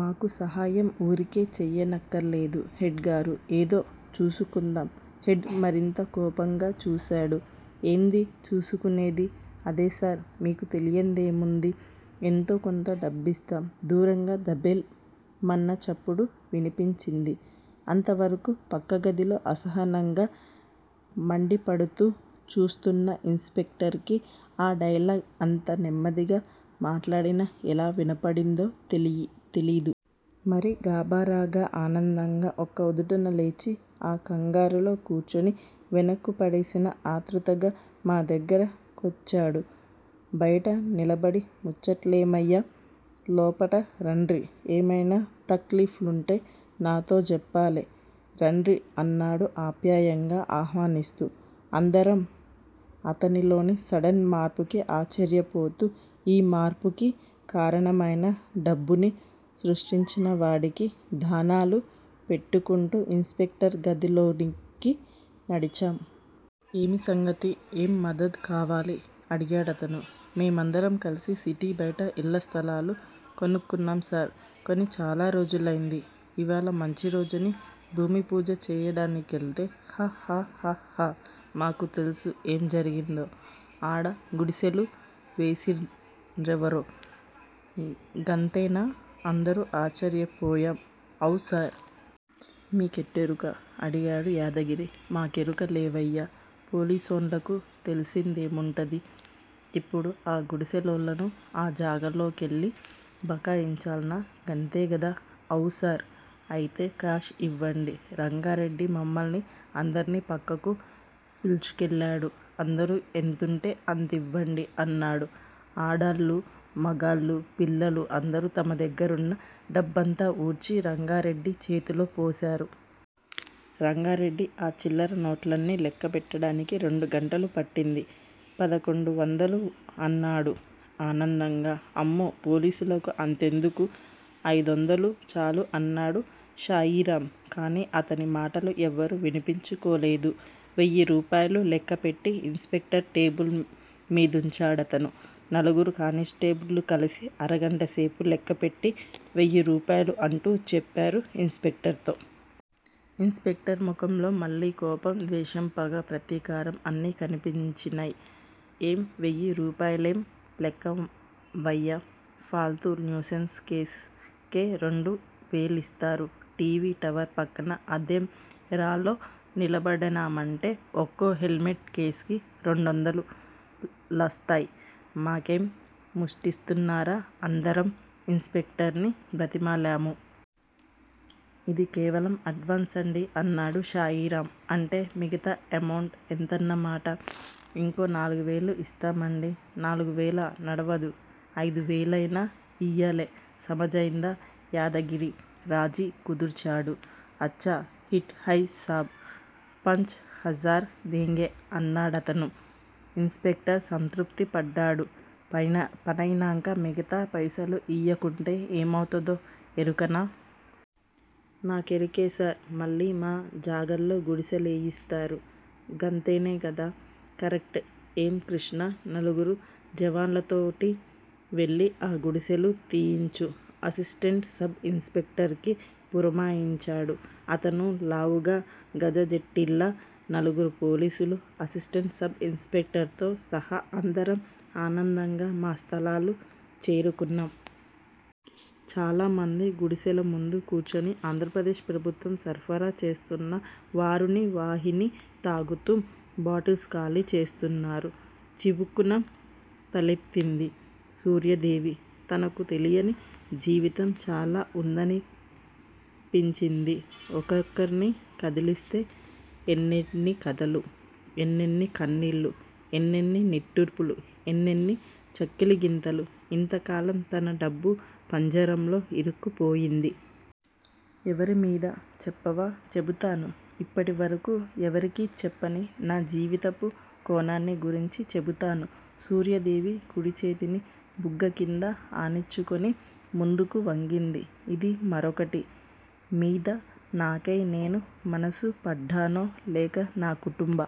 మాకు సహాయం వూరికే చేయనక్కర్లేదు హెడ్ గారూ! ఏదో చూసుకుందాం హెడ్ మరింత కోపంగా చూశాడు. ఏంది చూసుకునేది. అదేసార్! మీకు తెలీందేముంది? ఎంతోకొంత డబ్బిస్తాం దూరంగా దభేల్ మన్న చప్పుడు వినిపించింది. అంతవరకూ పక్కగదిలో అసహనంగా, మండిపడుతూ చూస్తోన్న ఇన్ స్పెక్టర్ కి ఆ డైలాగ్ అంత నెమ్మదిగా మాట్లాడినా ఎలా వినబడిందో తెలీదు. మరి! గాబరాగా, ఆనందంగా ఒక్క ఉదుటున లేచి ఆ కంగారులో కుర్చీని వెనక్కు పడేసి ఆత్రుతగా మా దగ్గర కొచ్చాడు. బయట నిలబడి ముచ్చట్లేమయ్యా! లోపటరాండ్రి, ఏమైనా తక్ లీఫుంటే నాతో జెప్పాలె! రాండ్రి అన్నాడు ఆప్యాయంగా ఆహ్వానిస్తూ. అందరం అతనిలోని సడెన్ మార్పుకి ఆశ్చర్యపోతూ, ఈ మార్పుకి కారణమైన డబ్బుని సృష్టించినవాడికి దణ్ణాలు పెట్టుకుంటూ ఇన్ స్పెక్టర్ గదిలోకి నడిచాం. ఏమి సంగతి? ఏం మదద్ కావాలి? అడిగాడతను. మేమందరం కలిసి సిటీ బయట ఇళ్ళస్థలాలు కొనుక్కున్నాం సార్! కొని చాలా రోజులైంది. ఇవాళ మంచిరోజుని భూమిపూజ చేయడానికెళ్తే హ్హహ్హహ్హహ్హ! మాకు తెల్సు ఏం జరిగిందో! ఆడ గుడిశెళు వేసిన్రెవరో గంతనేనా? అందరూ ఆశ్చర్యపోయాం. అవ్ సార్! మీ కెట్లెరుక? అడిగాడు యాదగిరి. మాకెరుక లేవయ్యా! పోలీసోండ్లకు తెలిసిందేముంటది? ఇప్పుడు ఆగుడిశె లోళ్ళను ఆ జాగల్లోకెళ్ళి భగాయించాల్న. గంతేగదా! అవున్సార్! అయితే కాష్ ఇవ్వండి! రంగారెడ్డి మమ్మల్ని అందరినీ పక్కకు పిల్చుకెళ్ళాడు. అందరూ ఎంతుంటే అంతివ్వండి అన్నాడు. ఆడాళ్ళూ, మగాళ్ళూ, పిల్లలూ అందరూ తమ దగ్గరున్న డబ్బంతా ఊడ్చి రంగారెడ్డి చేతిలో పోశారు. రంగారెడ్డి ఆ చిల్లర నోట్లన్నీ లెక్కబెట్టడానికి రెండు గంటలుపట్టింది. పదకొండు వందలు అన్నాడు ఆనందంగా. అమ్మో! పోలీసులకు అంతెందుకు? అయిదొందలు చాలు అన్నాడు శాయిరామ్. కానీ అతని మాటలు ఎవరూ వినిపించుకోలేదు. వెయ్యి రూపాయలు లెక్కపెట్టి ఇన్ స్పెక్టర్ టేబుల్ మీదుంచాడతను. నలుగురు కానిస్టేబుల్స్ కలిసి అరగంటసేపు లెక్కపెట్టి వేయిరూపాయలు అంటూ చెప్పారు ఇన్ స్పెక్టర్ తో. ఇన్ స్పెక్టర్ మొఖంలో మళ్ళీ కోపం, ద్వేషం, పగ, ప్రతీకారం అన్నీ కనిపించినాయ్. ఏయ్! వెయ్యి రూపాయలేం లెక్కవయ్యా! ఫాల్తూ న్యూసెన్స్ కేస్ కే రెండు వేలిస్తారు! టీవీ టవర్ పక్కన అంధేరాలో నిలబడినామంటే ఒక్కో హెల్మెట్ కేస్కి రెండొందలు రాల్తయ్! మాకేం ముష్టిస్తున్రా? అందరం ఇన్ స్పెక్టర్ ని బ్రతిమాలాము. ఇది కేవలం అడ్వాన్సండీ అన్నాడు శాయిరాం. అంటే మిగతా ఎమౌంట్ ఎంతన్నమాట? ఇంకో నాలుగువేలు ఇస్తామండీ! నాల్గువేలా? నడవదు. అయిదువేలయినా ఇయ్యాలె! సమజయిందా? యాదగిరి రాజీ కుదిర్చాడు. అచ్చా! ఠీక్ హై సాబ్! పాంచ్ హజార్ దేంగే! అన్నాడతను. ఇన్ స్పెక్టర్ సంతృప్తి పడ్డాడు. పనయినాంక మిగతా పైసలు ఇయ్యకుంటే ఏమౌతదో ఎరుకనా? నాకెరుకే సార్! మళ్ళీ మా జాగాల్లో గుడిసె లేయిస్తారు గంతనే కదా! కరెక్ట్! ఏయ్ కృష్ణా! నలుగురు జవాన్లతోటి వెళ్ళి ఆ గుడిసెళు తీయించు అసిస్టెంట్ సబిన్ స్పెక్టర్ కి పురమాయించాడు అతను. లావుగా, జగజ్జెట్టీల్లా నలుగురు పోలీసులు. ఒక అసిస్టెంట్ సబిన్ స్పెక్టర్ తో సహా అందరం ఆనందంగా మా స్థలాలు చేరుకున్నాం! చాలామంది గుడిసెల ముందు కూర్చుని ఆంధ్రప్రదేశ్ ప్రభుత్వం సరఫరా చేస్తున్న వారుని వాహిని తాగుతూ, బాటిల్స్ ఖాళీ చేస్తున్నారు. చివుక్కున తలెత్తింది సూర్యాదేవి. తనకు తెలియని జీవితం చాలా వుందనిపించింది. ఒక్కొక్కర్ని కదిలిస్తే ఎన్నెన్ని కథలు, ఎన్నెన్ని కన్నీళ్ళు, ఎన్నెన్ని నిట్టూర్పులు, ఎన్నెన్ని చక్కలిగింతలు. ఇంతకాలం తను డబ్బు పంజరంలో ఇరుక్కుపోయింది. ఎవరిమీద? చెప్పవా? చెబుతాను ఇప్పటివరకు ఎవరికీ చెప్పని నా జీవితపు కోణాన్ని గురించి చెబుతాను సూర్యాదేవి కుడిచేతిని బుగ్గకింద ఆనించుకుని ముందుకి వంగింది. ఇది మరొకటి మీద నాకై నేను మనసు పడ్డానో, లేక నా కుటుంబ